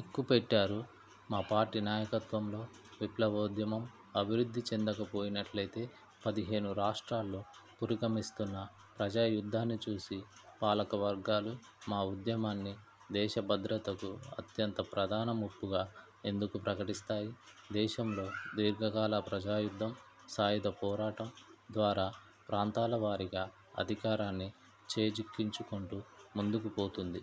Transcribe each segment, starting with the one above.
ఎక్కుపెట్టారు. మా పార్టీ నాయకత్వంలో విప్లవోద్యమం అభివృద్ధి చెందకపోయినట్లయితే, పదిహేను రాష్ట్రాల్లో పురోగమిస్తున్న ప్రజాయుద్ధాన్ని చూసి పాలకవర్గాలు మా ఉద్యమాన్ని 'దేశ భద్రతకు అత్యంత ప్రధాన ముప్పుగా' ఎందుకు ప్రకటిస్తాయి? దేశంలో దీర్ఘకాల ప్రజాయుద్ధం సాయుధ పోరాటం ద్వారా ప్రాంతాల వారీగా అధికారాన్ని చేజిక్కించుకొంటూ ముందుకుపోతుంది.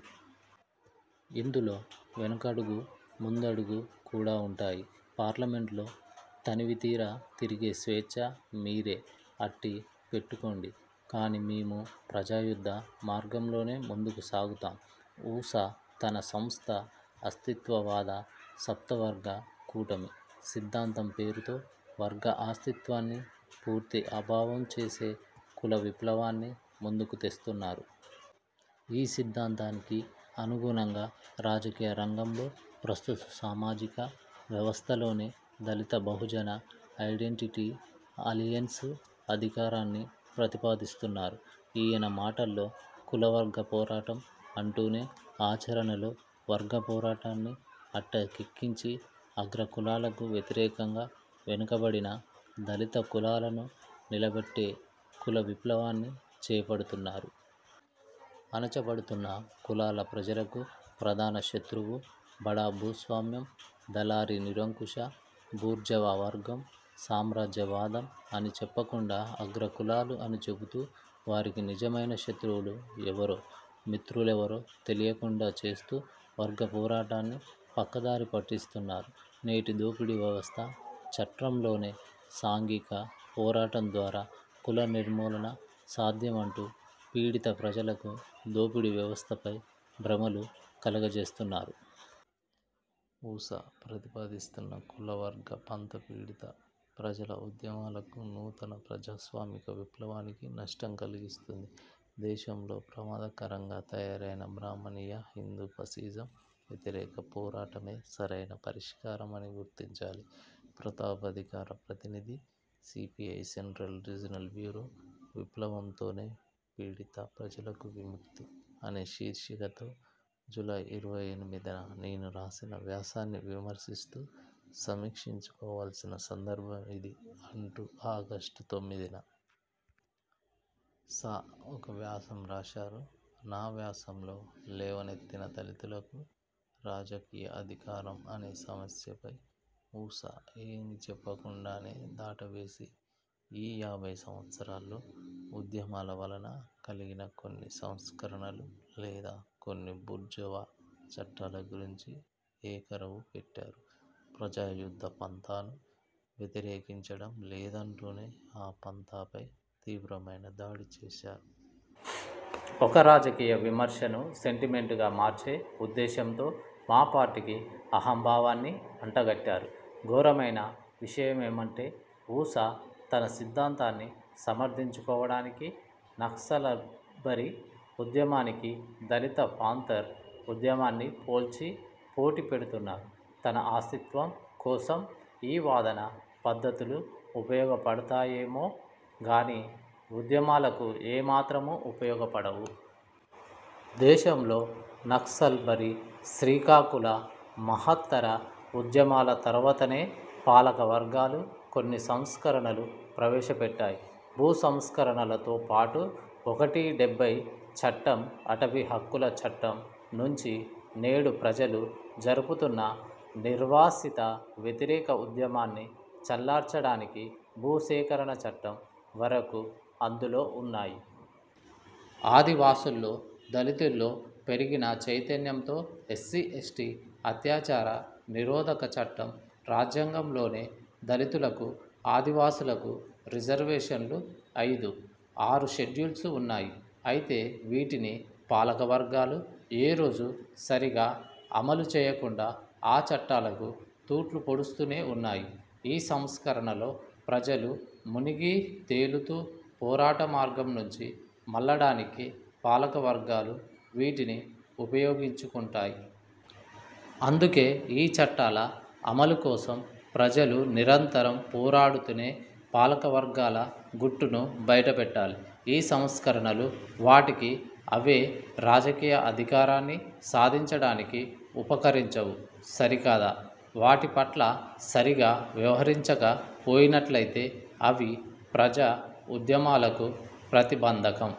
ఇందులో వెనకడుగు ముందడుగు కూడా ఉంటాయి. పార్లమెంటులో తనివితీరా తిరిగే స్వేచ్ఛ మీరే అట్టి పెట్టుకోండి, కానీ మేము ప్రజాయుద్ధ మార్గంలోనే ముందుకు సాగుతాం. ఉ. సా తన సంస్థ 'అస్తిత్వవాద సప్తవర్గ కూటమి' సిద్ధాంతం పేరుతో వర్గ అస్తిత్వాన్ని పూర్తి అభావం చేసే కుల విప్లవాన్ని ముందుకు తెస్తున్నారు. ఈ సిద్ధాంతానికి అనుగుణంగా రాజకీయ రంగంలో ప్రస్తుత సామాజిక వ్యవస్థలోనే 'దళిత బహుజన ఐడెంటిటీ అలయెన్స్' అధికారాన్ని ప్రతిపాదిస్తున్నారు. ఈయన మాటల్లో కుల వర్గ పోరాటం అంటూనే ఆచరణలో వర్గ పోరాటాన్ని అటకెక్కించి అగ్రకులాలకు వ్యతిరేకంగా వెనకబడిన, దళిత కులాలను నిలబెట్టే కుల విప్లవాన్ని చేపడుతున్నారు. అణచబడుతున్న కులాల ప్రజలకు ప్రధాన శత్రువు బడా భూస్వామ్యం, దళారీ నిరంకుశ బూర్జువా వర్గం, సామ్రాజ్యవాదం అని చెప్పకుండా, అగ్రకులాలు అని చెబుతూ వారికి నిజమైన శత్రువులు ఎవరో, మిత్రు లెవరో తెలియకుండా చేస్తూ వర్గ పోరాటాన్ని పక్కదారి పట్టిస్తున్నారు. నేటి దోపిడీ వ్యవస్థ చట్రంలోనే సాంఘిక పోరాటం ద్వారా కుల నిర్మూలన సాధ్యం అంటూ పీడిత ప్రజలకు దోపిడీ వ్యవస్థపై భ్రమలు కలుగజేస్తున్నారు. ఉ. సా ప్రతిపాదిస్తున్న కుల వర్గ పంథా పీడిత ప్రజల ఉద్యమాలకు, నూతన ప్రజాస్వామిక విప్లవానికి నష్టం కలిగిస్తుంది. దేశంలో ప్రమాదకరంగా తయారైన బ్రాహ్మణీయ హిందూ ఫాసిజం వ్యతిరేక పోరాటమే సరైన పరిష్కారమని గుర్తించాలి. ప్రతాప్ అధికార ప్రతినిధి, సీపీఐ, సెంట్రల్ రీజినల్ బ్యూరో 'విప్లవంతోనే పీడిత ప్రజలకు విముక్తి' అనే శీర్షికతో జూలై ఇరవై ఎనిమిదిన నేను రాసిన వ్యాసాన్ని విమర్శిస్తూ 'సమీక్షించుకోవాల్సిన సందర్భం ఇది' అంటూ ఆగస్టు తొమ్మిదిన. సా ఒక వ్యాసం రాసారు. నా వ్యాసంలో లేవ నెత్తిన 'దళితులకు రాజకీయాధికారం' అనే సమస్యపై ఉ. సా ఏమి చెప్పకుండానే, దాటవేసి ఈ యాభై సంవత్సరాల్లో ఉద్యమాల వలన కలిగిన కొన్ని సంస్కరణలు లేదా కొన్ని బూర్జువా చట్టాల గురించి ఏకరవు పెట్టారు. ప్రజా యుద్ధ పంథాను వ్యతిరేకించడం లేదంటూనే, ఆ పంథాపై తీవ్రమైన దాడి చేసారు. ఒక రాజకీయ విమర్శను సెంటిమెంటుగా మార్చే ఉద్దేశంతో మా పార్టీకి అహంభావాన్ని అంట గట్టారు. ఘోరమైన విషయమేమంటే, ఉ. సా తన సిద్ధాంతాన్ని సమర్థించుకోవడానికి నక్సల్బరీ ఉద్యమానికీ, దళిత పాంథర్ ఉద్యమాన్ని పోల్చి పోటీ పెడుతున్నారు. తన అస్తిత్వం కోసం ఈ వాదన పద్ధతులు ఉపయోగపడతాయేమో గానీ ఉద్యమాలకు ఏమాత్రం ఉపయోగపడవు. దేశంలో నక్సల్బరీ, శ్రీకాకుళ మహత్తర ఉద్యమాల తర్వాతనే పాలక వర్గాలు కొన్ని సంస్కరణలు ప్రవేశపెట్టాయి. భూ సంస్కరణలతో పాటు ఒకటి డెబ్బై చట్టం, అటవీ హక్కుల చట్టం నుంచి నేడు ప్రజలు జరుపుతున్న నిర్వాసిత వ్యతిరేక ఉద్యమాన్ని చల్లార్చడానికి భూ సేకరణ చట్టం వరకు అందులో ఉన్నాయి. ఆదివాసుల్లో, దళితుల్లో పెరిగిన చైతన్యంతో 'ఎస్సీ, ఎస్టీ, అత్యాచార నిరోధక చట్టం' రాజ్యాంగంలోనే దళితులకు, ఆదివాసులకు రిజర్వేషన్లు, ఐదు, ఆరు షెడ్యూల్స్ ఉన్నాయి. అయితే వీటిని పాలకవర్గాలు ఏ రోజూ సరిగా అమలు చేయకుండా ఆ చట్టాలకు తూట్లు పొడుస్తూనే ఉన్నాయి. ఈ సంస్కరణల్లో ప్రజలు మునిగి తేలుతూ పోరాట మార్గం నుంచి మళ్ళడానికి పాలకవర్గాలు వీటిని ఉపయోగించుకొంటాయి. అందుకే ఈ చట్టాల అమలుకోసం ప్రజలు నిరంతరం పోరాడుతూనే పాలకవర్గాల గుట్టును బయటపెట్టాలి. ఈ సంస్కరణలు వాటికి అవే రాజకీయాధికారాన్ని సాధించడానికి ఉపకరించవు సరికదా, వాటిపట్ల సరిగా వ్యవహరించక పోయినట్లయితే అవి ప్రజా ఉద్యమాలకు ప్రతిబంధకం